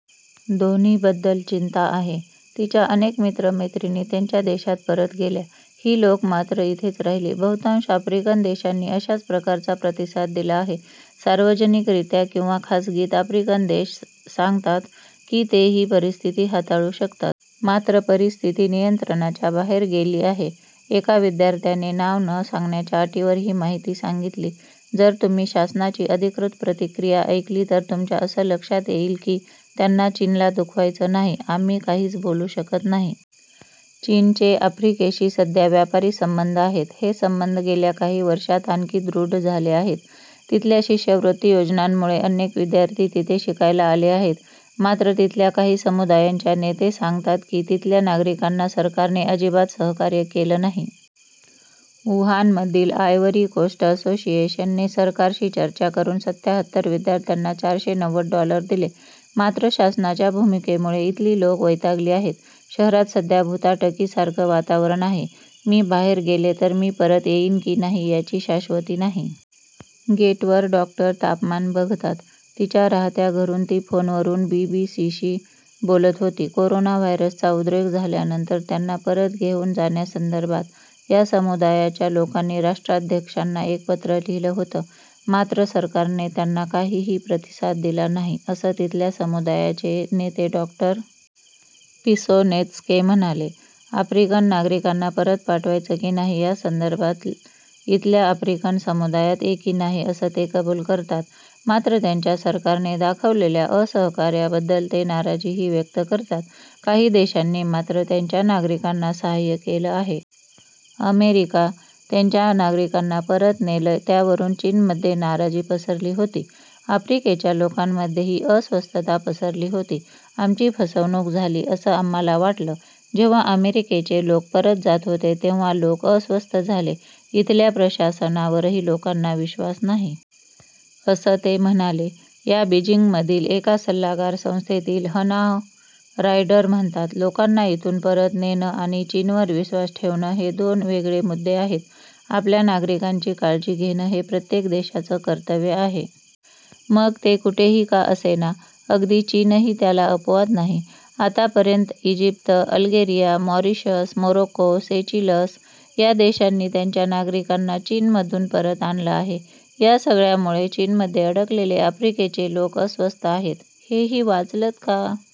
दोन्हीबद्दल चिंता आहे. तिच्या अनेक मित्रमैत्रिणी त्यांच्या देशात परत गेल्या. ही लोक मात्र इथेच राहिली. बहुतांश आफ्रिकन देशांनी अशाच प्रकारचा प्रतिसाद दिला आहे. सार्वजनिकरित्या किंवा खासगीत आफ्रिकन देश सांगतात की ते ही परिस्थिती हाताळू शकतात. मात्र परिस्थिती नियंत्रणाच्या बाहेर गेली आहे. एका विद्यार्थ्याने नाव न सांगण्याच्या अटीवर ही माहिती सांगितली. जर तुम्ही शासनाची अधिकृत प्रतिक्रिया ऐकली तर तुमच्या असं लक्षात येईल की त्यांना चीनला दुखवायचं नाही. आम्ही काहीच बोलू शकत नाही. चीनचे आफ्रिकेशी सध्या व्यापारी संबंध आहेत. हे संबंध गेल्या काही वर्षांत आणखी दृढ झाले आहेत. तिथल्या शिष्यवृत्ती योजनांमुळे अनेक विद्यार्थी तिथे शिकायला आले आहेत. मात्र तिथल्या काही समुदायांच्या नेते सांगतात की तिथल्या नागरिकांना सरकारने अजिबात सहकार्य केलं नाही. वुहानमधील आयवरी कोस्ट असोसिएशन ने सरकारशी चर्चा करून सत्याहत्तर विद्यार्थ्यांना चारशे नव्वद डॉलर दिले. मात्र शासनाच्या भूमिकेमुळे इथली लोक वैतागली आहेत. शहरात सध्या भुताटकी सारखं वातावरण आहे. मी बाहेर गेले तर मी परत येईन की नाही याची शाश्वती नाही. गेटवर डॉक्टर तापमान बघतात. तिच्या राहत्या घरून ती फोनवरून बीबीसीशी बोलत होती. कोरोना व्हायरसचा उद्रेक झाल्यानंतर त्यांना परत घेऊन जाण्यासंदर्भात या समुदायाच्या लोकांनी राष्ट्राध्यक्षांना एक पत्र लिहिलं होतं. मात्र सरकारने त्यांना काहीही प्रतिसाद दिला नाही असं तिथल्या समुदायाचे नेते डॉ. पिसो नेत्स्के म्हणाले. आफ्रिकन नागरिकांना परत पाठवायचं की नाही यासंदर्भात इथल्या आफ्रिकन समुदायात एकी नाही असं ते कबुल करतात. मात्र त्यांच्या सरकारने दाखवलेल्या असहकार्याबद्दल ते नाराजीही व्यक्त करतात. काही देशांनी मात्र त्यांच्या नागरिकांना सहाय्य केलं आहे. अमेरिका त्यांच्या नागरिकांना परत नेलं. त्यावरून चीनमध्ये नाराजी पसरली होती. आफ्रिकेच्या लोकांमध्येही अस्वस्थता पसरली होती. आमची फसवणूक झाली असं आम्हाला वाटलं. जेव्हा अमेरिकेचे लोक परत जात होते तेव्हा लोक अस्वस्थ झाले. इथल्या प्रशासनावरही लोकांना विश्वास नाही. असं ते म्हणाले. या बिजिंगमधील एका सल्लागार संस्थेतील हनाह रायडर म्हणतात, लोकांना इथून परत नेणं आणि चीनवर विश्वास ठेवणं हे दोन वेगळे मुद्दे आहेत. आपल्या नागरिकांची काळजी घेणं हे प्रत्येक देशाचं कर्तव्य आहे. मग ते कुठेही का असेना. अगदी चीनही त्याला अपवाद नाही. आतापर्यंत Egypt, Algeria, Mauritius, Morocco, Seychelles या देशांनी त्यांच्या नागरिकांना चीनमधून परत आणलं आहे. या सगळ्यामुळे चीनमध्ये अडकलेले अफ्रिकेचे लोक अस्वस्थ आहेत. हेही वाचलंत का?